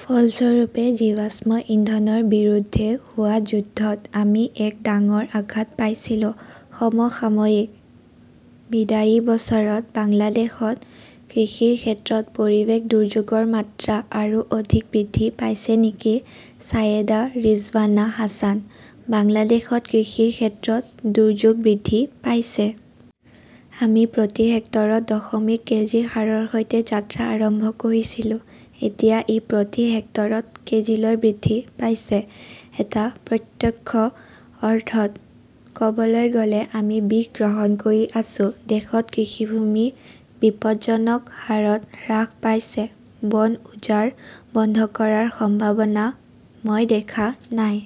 ফলস্বৰূপে জীৱাশ্ম ইন্ধনৰ বিৰুদ্ধে হোৱা যুদ্ধত আমি এক ডাঙৰ আঘাত পাইছিলো। সমসাময়িকঃ বিদায়ী বছৰত বাংলাদেশত কৃষিৰ ক্ষেত্ৰত পৰিৱেশ দুৰ্যোগৰ মাত্ৰা আৰু অধিক বৃদ্ধি পাইছে নেকি ছায়েদা ৰিজৱানা হাছানঃ বাংলাদেশত কৃষিৰ ক্ষেত্ৰত দুৰ্যোগ বৃদ্ধি পাইছে। আমি প্ৰতি হেক্টৰত দশমিক কেজি সাৰৰ সৈতে যাত্ৰা আৰম্ভ কৰিছিলো। এতিয়া ই প্ৰতি হেক্টৰত কেজিলৈ বৃদ্ধি পাইছে। এটা প্ৰত্যক্ষ অৰ্থত ক’বলৈ গ’লে-আমি বিষ গ্ৰহণ কৰি আছো। দেশত কৃষিভূমি বিপদজনক হাৰত হ্ৰাস পাইছে। বন উজাৰ বন্ধ কৰাৰ সম্ভাৱনা মই দেখা নাই।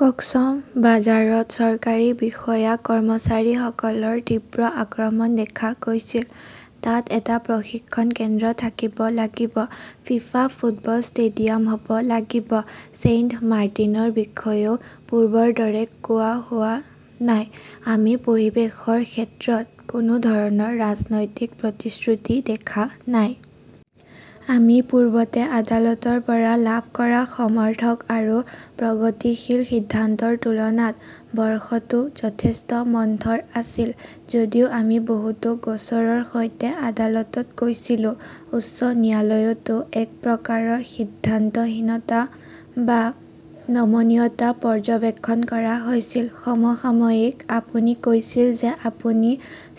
কক্সবাঝাৰত চৰকাৰী বিষয়া-কৰ্মচাৰীসকলৰ তীব্ৰ আক্ৰমণ দেখা গৈছিল। তাত এটা প্ৰশিক্ষণ কেন্দ্ৰ থাকিব লাগিব। ফিফা ফুটবল ষ্টেডিয়াম হ 'ব লাগিব। ছেইণ্টমাৰ্টিনৰ বিষয়েও পূৰ্বৰ দৰে কোৱা হোৱা নাই। আমি পৰিৱেশৰ ক্ষেত্ৰত কোনো ধৰণৰ ৰাজনৈতিক প্ৰতিশ্ৰুতি দেখা নাই। আমি পূৰ্বতে আদালতৰ পৰা লাভ কৰা সমৰ্থক আৰু প্ৰগতিশীল সিদ্ধান্তৰ তুলনাত বৰ্ষটো যথেষ্ট মন্থৰ আছিল। যদিও আমি বহুতো গোচৰৰ সৈতে আদালতত গৈছিলো। উচ্চ ন্যায়ালয়তো এক প্ৰকাৰৰ সিদ্ধান্তহীনতা বা নমনীয়তা পৰ্যবেক্ষণ কৰা হৈছিল। সমসাময়িকঃ আপুনি কৈছিল যে আপুনি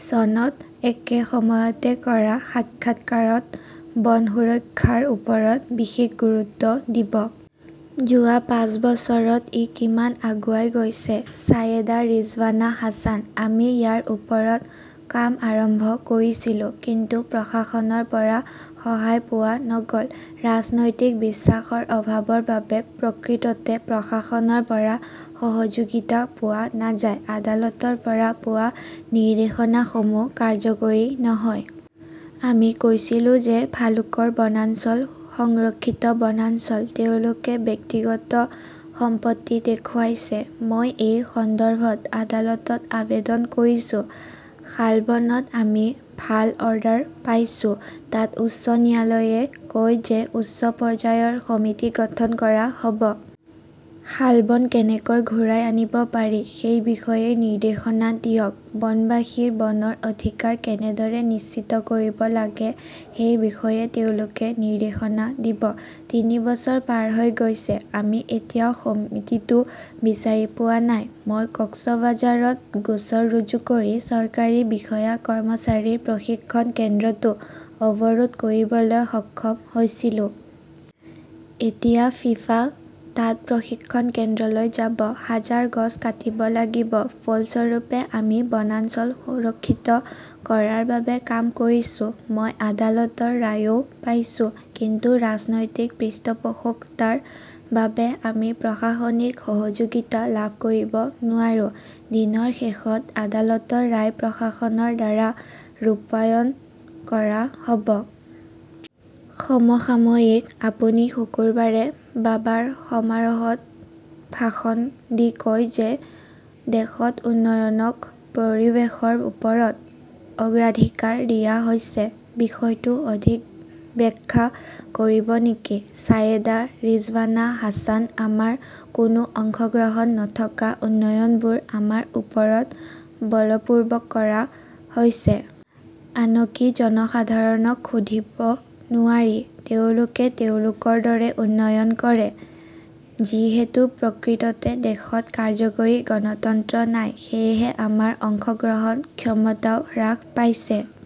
চনত একে সময়তে কৰা সাক্ষাৎকাৰত বন সুৰক্ষাৰ ওপৰত বিশেষ গুৰুত্ব দিব। যোৱা পাঁচ বছৰত ই কিমান আগুৱাই গৈছে ছায়েদা ৰিজৱানা হাছানঃ আমি ইয়াৰ ওপৰত কাম আৰম্ভ কৰিছিলো। কিন্তু প্ৰশাসনৰ পৰা সহায় পোৱা নগ’ল। ৰাজনৈতিক বিশ্বাসৰ অভাৱৰ বাবে প্ৰকৃততে প্ৰশাসনৰ পৰা সহযোগিতা পোৱা নাযায়। আদালতৰ পৰা পোৱা নিৰ্দেশনাসমূহ কাৰ্যকৰী নহয়। আমি কৈছিলো যে ভালুকৰ বনাঞ্চল সংৰক্ষিত বনাঞ্চল, তেওঁলোকে ব্যক্তিগত সম্পত্তি দেখুৱাইছে। মই এই সন্দৰ্ভত আদালতত আবেদন কৰিছো। শালবনত আমি ভাল অৰ্ডাৰ পাইছো। তাত উচ্চ ন্যায়ালয়ে কয় যে উচ্চ পৰ্যায়ৰ সমিতি গঠন কৰা হ’ব। শালবন কেনেকৈ ঘূৰাই আনিব পাৰি সেই বিষয়ে নিৰ্দেশনা দিয়ক। বনবাসীৰ বনৰ অধিকাৰ কেনেদৰে নিশ্চিত কৰিব লাগে সেই বিষয়ে তেওঁলোকে নিৰ্দেশনা দিব। তিনি বছৰ পাৰ হৈ গৈছে, আমি এতিয়াও সমিতিটো বিচাৰি পোৱা নাই! মই কক্সবাঝাৰত গোচৰ ৰুজু কৰি চৰকাৰী বিষয়া-কৰ্মচাৰীৰ প্ৰশিক্ষণ কেন্দ্ৰটো অৱৰোধ কৰিবলৈ সক্ষম হৈছিলো। এতিয়া ফিফা তাত প্ৰশিক্ষণ কেন্দ্ৰলৈ যাব। হাজাৰ গছ কাটিব লাগিব। ফলস্বৰূপে, আমি বনাঞ্চল সুৰক্ষিত কৰাৰ বাবে কাম কৰিছো। মই আদালতৰ ৰায়ও পাইছো। কিন্তু ৰাজনৈতিক পৃষ্ঠপোষকতাৰ বাবে আমি প্ৰশাসনিক সহযোগিতা লাভ কৰিব নোৱাৰো। দিনৰ শেষত আদালতৰ ৰায় প্ৰশাসনৰ দ্বাৰা ৰূপায়ণ কৰা হ 'ব। সমসাময়িকঃ আপুনি শুকুৰবাৰে বাবাৰ সমাৰোহত ভাষণ দি কয় যে দেশত উন্নয়নক পৰিৱেশৰ ওপৰত অগ্ৰাধিকাৰ দিয়া হৈছে। বিষয়টো অধিক ব্যাখ্যা কৰিব নেকি ছায়েদা ৰিজৱানা হাছান আমাৰ কোনো অংশগ্ৰহণ নথকা উন্নয়নবোৰ আমাৰ ওপৰত বলপূৰ্বক কৰা হৈছে। আনকি জনসাধাৰণক সুধিব নোৱাৰি, তেওঁলোকে তেওঁলোকৰ দৰে উন্নয়ন কৰে। যিহেতু প্ৰকৃততে দেশত কাৰ্যকৰী গণতন্ত্ৰ নাই, সেয়েহে আমাৰ অংশগ্ৰহণ ক্ষমতাও হ্ৰাস পাইছে।